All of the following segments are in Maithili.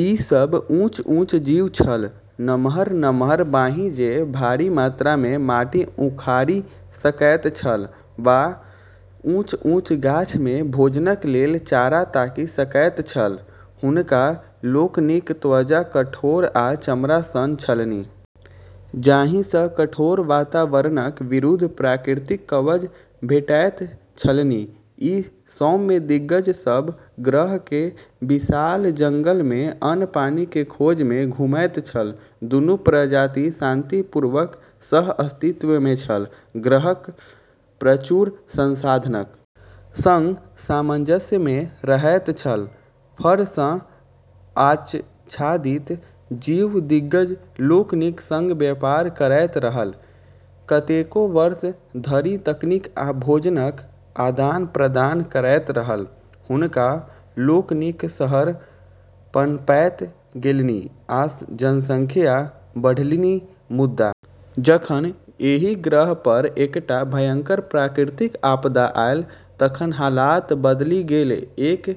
ई सभ ऊँच-ऊँच जीव छल, नम्हर-नम्हर बाँहि जे भारी मात्रा मे माटि उखाड़ि सकैत छल वा ऊँच-ऊँच गाछ मे भोजनक लेल चारा ताकि सकैत छल, हुनका लोकनिक त्वचा कठोर आ चमड़ा सन छलनि जाहि सँ कठोर वातावरणक विरुद्ध प्राकृतिक कवच भेटैत छलनि ई सौम्य दिग्गज सब ग्रह के विशाल जंगल में अन्न-पानि के खोज में घुमैत छल दुनू प्रजाति शांतिपूर्वक सह-अस्तित्व मे छल, ग्रहक प्रचुर संसाधनक संग सामंजस्य मे रहैत छल, फर सॅं आच्छादित जीव दिग्गज लोकनिक संग व्यापार करैत रहल, कतेको वर्ष धरि तकनीक आ भोजनक आदान-प्रदान करैत रहल, हुनका लोकनिक शहर पनपैत गेलनि आ जनसंख्या बढ़लनि, मुदा जखन एहि ग्रह पर एकटा भयंकर प्राकृतिक आपदा आयल तखन हालात बदलि गेल एक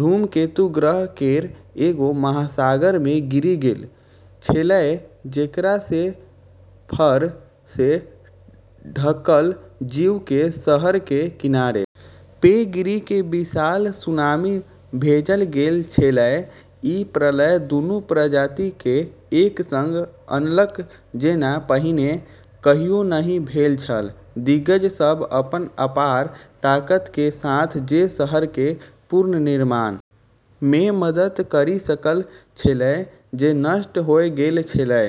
धूमकेतु ग्रह केरऽ एगो महासागर मे गिरी गेलऽ छेलै जेकरा से फर से ढकल जीवऽ के शहरऽ के किनारे पे गिरी के विशाल सुनामी भेजलऽ गेलऽ छेलै, ई प्रलय दुनू प्रजाति के एक संग अनलक जेना पहिने कहियो नहि भेल छल, दिग्गज सब अपनऽ अपार ताकत के साथ जे शहरऽ के पुनर्निर्माण में मदद करी सकलऽ छेलै जे नष्ट होय गेलऽ छेलै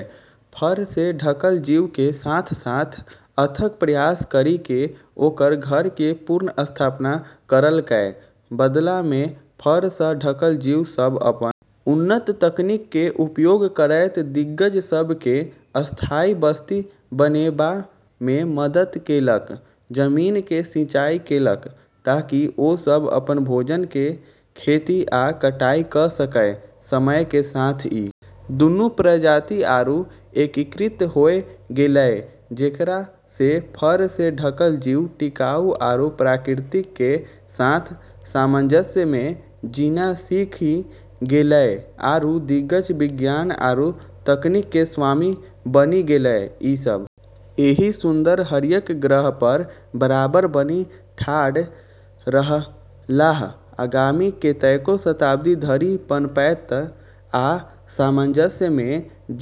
फर सें ढकल जीवऽ के साथ-साथ अथक प्रयास करी के ओकरऽ घरऽ के पुनर्स्थापना करलकै, बदला में फर स ढकल जीव सब अपन उन्नत तकनीक के उपयोग करैत दिग्गज सब के स्थायी बस्ती बनेबा में मदद केलक, जमीन के सिंचाई केलक ताकि ओ सब अपन भोजन के खेती आ कटाई क सकय, समय के साथ ई दूनू प्रजाति आरू एकीकृत होय गेलै जेकरा से फर से ढकल जीव टिकाऊ आरू प्रकृति के साथ सामंजस्य मे जीना सीखी गेलै आरू दिग्गज विज्ञान आरू तकनीक के स्वामी बनी गेलै, ई सब एहि सुन्दर हरियर ग्रह पर बराबर बनि ठाढ़ रहलाह, आगामी कतेको शताब्दी धरि पनपैत आ सामंजस्य मे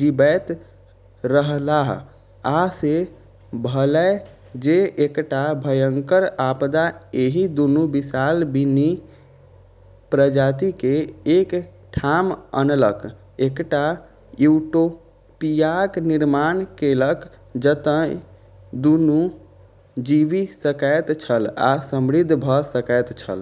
जीबैत रहलाह आ से भेलै जे एकटा भयंकर आपदा एहि दुनू विशाल भिन्न प्रजाति केँ एक ठाम अनलक, एकटा यूटोपियाक निर्माण केलक जतय दुनू जीबि सकैत छल आ समृद्ध भ सकैत छल।